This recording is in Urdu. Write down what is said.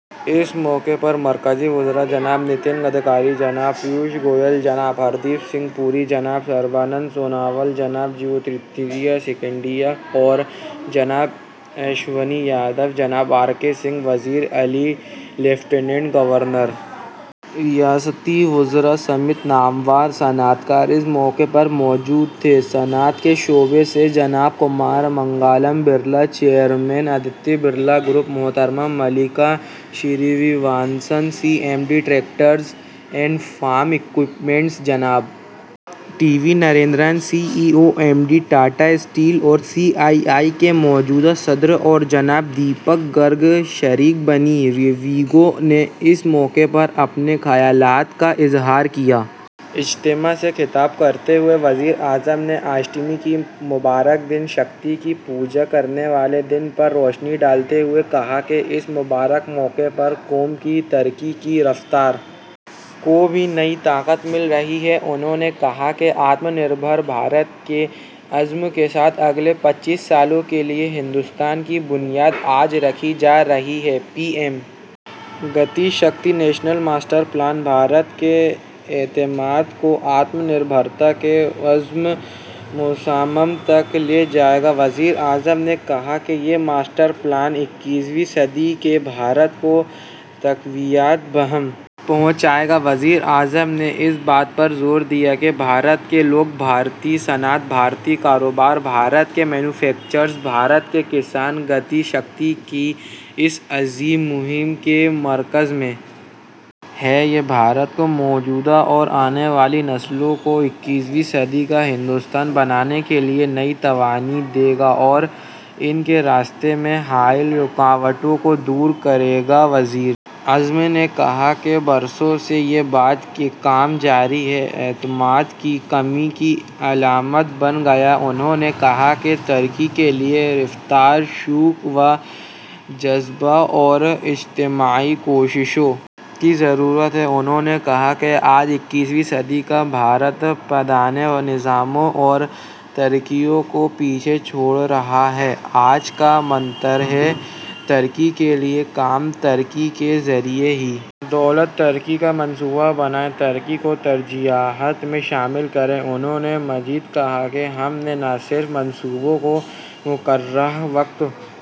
اس موقع پر مرکزی وزراء جناب نتن گڈکری جناب پیوش گوئل جناب ہردیپ سنگھ پوری جناب سربانند سونووال جناب جیوتی رادتیہ سندھیا اور جناب اشونی ویشنو جناب آر کے سنگھ وزیراعلی لیفٹیننٹ گورنر ریاستی وزراء سمیت نامور صنعتکار اس موقع پر موجود تھے صنعت کے شعبے سے جناب کمار منگلم برلا چیئرمین آدتیہ برلا گروپ محترمہ Mallika Srinivasan C M D tractors and form equipments جناب T V Narendran C E O M D Tata steel اور سی آئی آئی کے موجودہ صدر اور جناب دیپک گرگ شریک بانی ریوگو نے اس موقع پر اپنے خیالات کا اظہار کیا اجتماع سے خطاب کرتے ہوئے وزیر اعظم نے اشٹمی کے مبارک دن شکتی کی پوجا کرنے والے دن پر روشنی ڈالتے ہوئے کہا کہ اس مبارک موقع پر قوم کی ترقی کی رفتار کو بھی نئی طاقت مل رہی ہے انہوں نے کہا کہ آتم نربھر بھارت کے عزم کے ساتھ اگلے پچیس سالوں کے لیے ہندوستان کی بنیاد آج رکھی جا رہی ہے P M Gati Shakti national master plan Bharat کے اعتماد کو آتم نربھارت کے عزم مصمم تک لے جائے گا وزیر اعظم نے کہا کہ یہ ماسٹر پلان اکیسویں صدی کے بھارت کو تقویت بہم پہنچائے گا وزیر اعظم نے اس بات پر زور دیا کہ بھارت کے لوگ بھارتی صنعت بھارتی کاروبار بھارت کے مینوفیکچررز بھارت کے کسان گتی شکتی کی اس عظیم مہم کے مرکز میں ہیں یہ بھارت کی موجودہ اور آنے والی نسلوں کو اکیسویں صدی کا ہندوستان بنانے کے لیے نئی توانائی دے گا اور ان کے راستے میں حائل رکاوٹوں کو دور کرے گا وزیر اعظم نے کہا کہ برسوں سے یہ بات کہ کام جاری ہے اعتماد کی کمی کی علامت بن گیا انہوں نے کہا کہ ترقی کے لیے رفتار شوق و جذبہ اور اجتماعی کوششوں کی ضرورت ہے انہوں نے کہا کہ آج اکیسویں صدی کا بھارت پرانے نظاموں اور طریقوں کو پیچھے چھوڑ رہا ہے آج کا منتر ہے ترقی کے لیے کام ترقی کے ذریعہ ہی دولت ترقی کا منصوبہ بنائیں ترقی کو ترجیحات میں شامل کریں انہوں نے مزید کہا کہ ہم نے نہ صرف منصوبوں کو مقررہ وقت